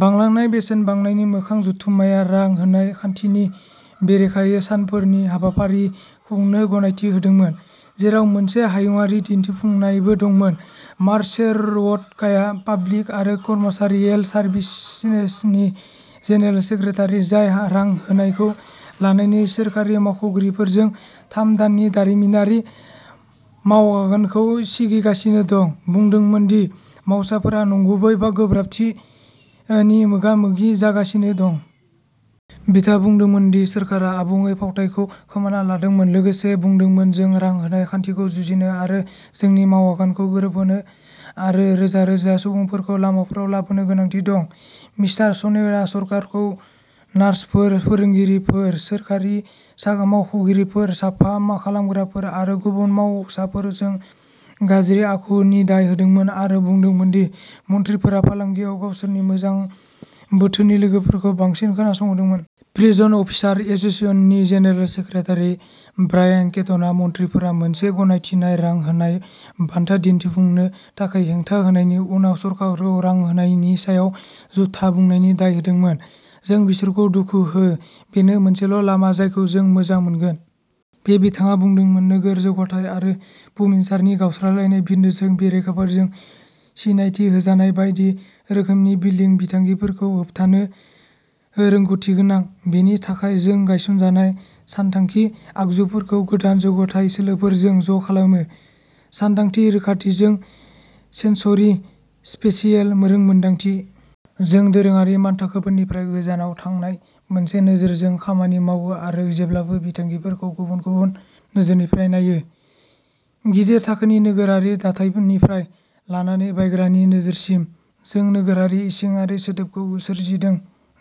बांलांनाय बेसेन बांनायनि मोखां जथुम्माया रां होनाय खान्थिनि बेरेखायै सानफोरनि हाबाफारि खुंनो गनायथि होदोंमोन, जेराव मोनसे हायुंआरि दिन्थिफुंनायबो दंमोन। मार्क सेरव'टकाया पाब्लिक आरो कमार्शियेल सार्भिसेसनि जेनेरेल सेक्रेटारि, जाय रां होनायखौ लानानै सोरखारि मावख'गिरिफोरजों थाम दाननि दारिमिनारि मावआगानखौ सिगिगासिनो दं, बुंदोंमोन दि मावसाफोरा "नंगुबै गोब्राबथि" नि मोगा-मोगि जागासिनो दं। बिथाङा बुंदोंमोन दि सोरखारा "आबुङै फावथायखौ खोमाना लादोंमोन", लोगोसे बुंदोंमोन, जों रां होनाय खान्थिखौ जुजिनो आरो जोंनि मावआगानखौ गोरोबहोनो आरो रोजा रोजा सुबुंफोरखौ लामाफोराव लाबोनो गोनांथि दं। मिस्टार सनेटआ सरकारखौ नार्सफोर, फोरोंगिरिफोर, सोरखारि मावख'गिरिफोर, साफा खालामग्राफोर आरो गुबुन मावसाफोरजों गाज्रि आखु नि दाय होदोंमोन आरो बुंदोंमोन दि मन्थ्रिफोरा फालांगियाव गावसोरनि मोजां बोथोरनि लोगोफोरखौ बांसिन खोनासंदोंमोन। प्रिजन अफिसार्स एस'सिएशननि जेनेरेल सेक्रेटारि ब्रायान केटनआ मन्थ्रिफोरा मोनसे गनायथिनाय रां होनाय बान्था दिन्थिफुंनो थाखाय हेंथा होनायनि उनाव सरकारखौ रां होनायनि सायाव "झूथा" बुंनायनि दाय होदोंमोन। जों बिसोरखौ दुखु हो, बेनो मोनसेल' लामा जायखौ जों मोजां मोनगोन। पे बिथाङा बुंदोंमोन, नोगोर जौगाथाय आरो बुमिनसारनि गावस्रालायनाय बिन्दोजों बेरेखाफोरजों सिनायथि होजानाय बायदि रोखोमनि बिल्डिं बिथांखिफोरखौ होबथानो रोंग'थिगोनां। बेनि थाखाय जों गायसनजानाय सानथांखि आगजुफोरखौ गोदान जौगाथाय सोलोफोरजों ज' खालामो, सानदांथि रोखाथिजों सेन्स'रि स्पेसियेल रोंमोनदांथि। जों दोरोङारि मानथाखोफोरनिफ्राय गोजानाव थांनाय मोनसे नोजोरजों खामानि मावो आरो जेब्लाबो बिथांखिफोरखौ गुबुन गुबुन नोजोरनिफ्राय नायो। गिदिर थाखोनि नोगोरारि दाथायनिफ्राय लानानै बायग्रानि नोजोरसिम। जों नोगोरारि इसिङारि सोदोबखौ सोरजिदों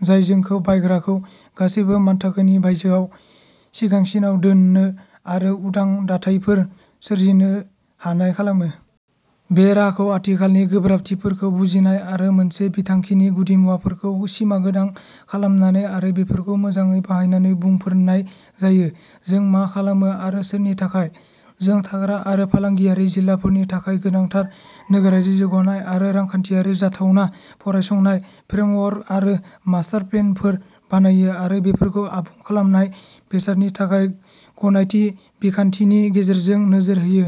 जाय जोंखौ बायग्राखौ गासैबो मानथाखोनि बायजोआव सिगांसिनाव दोननो आरो उदां दाथायफोर सोरजिनो हानाय खालामो। बे राहाखौ आथिखालनि गोब्राबथिफोरखौ बुजिनाय आरो मोनसे बिथांखिनि गुदिमुवाफोरखौ सिमागोनां खालामनानै आरो बेफोरखौ मोजांयै बाहायनानै बुंफोरनाय जायो। जों मा खालामो आरो सोरनि थाखाय? जों थाग्रा आरो फालांगियारि जिल्लाफोरनि थाखाय गोनांथार नोगोरारि जौगानाय आरो रांखान्थियारि जाथावना फरायसंनाय, फ्रेमवर्क आरो मास्टार प्लेनफोर बानायो आरो बेफोरखौ आबुं खालामजानाय बेसादनि थाखाय गनायथि बिखान्थिनि गेजेरजों नोजोर होयो।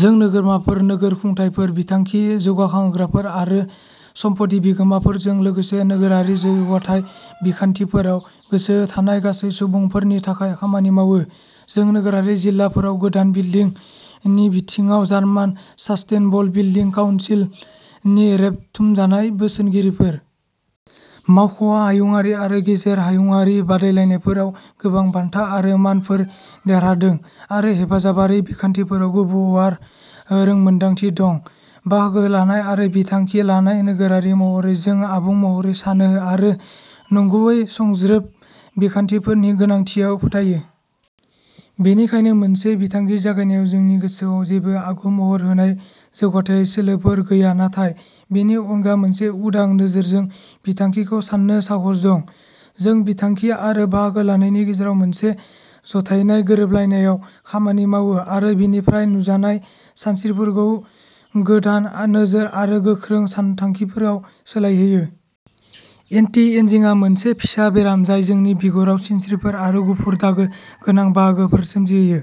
जों नोगोरमाफोर, नोगोर खुंथायफोर, बिथांखि जौगाहोग्राफोर आरो सम्पथि बिगोमाफोरजों लोगोसे नोगोरारि जौगाथाय बिखान्थिफोराव गोसो थानाय गासै सुबुंफोरनि थाखाय खामानि मावो। जों नोगोरारि जिल्लाफोराव गोदान बिल्डिं नि बिथिङाव जार्मान सासटेनेबल बिल्डिं काउन्सिल नि रेबथुमजानाय बोसोनगिरिफोर। मावख'आ हायुंआरि आरो गेजेर हायुंआरि बादायलायनायफोराव गोबां बान्था आरो मानफोर देरहादों आरो हेफाजाबारि बिखान्थिफोराव गुवार रोंमोनदांथि दं। बाहागो लानाय आरो बिथांखि लानाय नोगोरारि महरै जों आबुं महरै सानो आरो नंगुबै सुंज्रोब बिखान्थिफोरनि गोनांथियाव फोथायो। बेनिखायनो मोनसे बिथांखि जागायनायाव जोंनि गोसोआव जेबो आगु-महर होनाय जौगाथाय सोलोफोर गैया नाथाय बेनि अनगा मोनसे उदां नोजोरजों बिथांखिखौ सान्नो साहस दं। जों बिथांखि आरो बाहागो लानायनि गेजेराव मोनसे जथायनाय गोरोबलायनायआव खामानि मावो आरो बेनिफ्राय नुजानाय सानस्रिफोरखौ गोदान नोजोर आरो गोख्रों सानथांखिफोराव सोलायहोयो। एन्टि एजिंगआ मोनसे फिसा बेराम जाय जोंनि बिगुराव सिनस्रिफोर आरो गुफुर दागो गोनां बाहागोफोर सोमजिहोयो।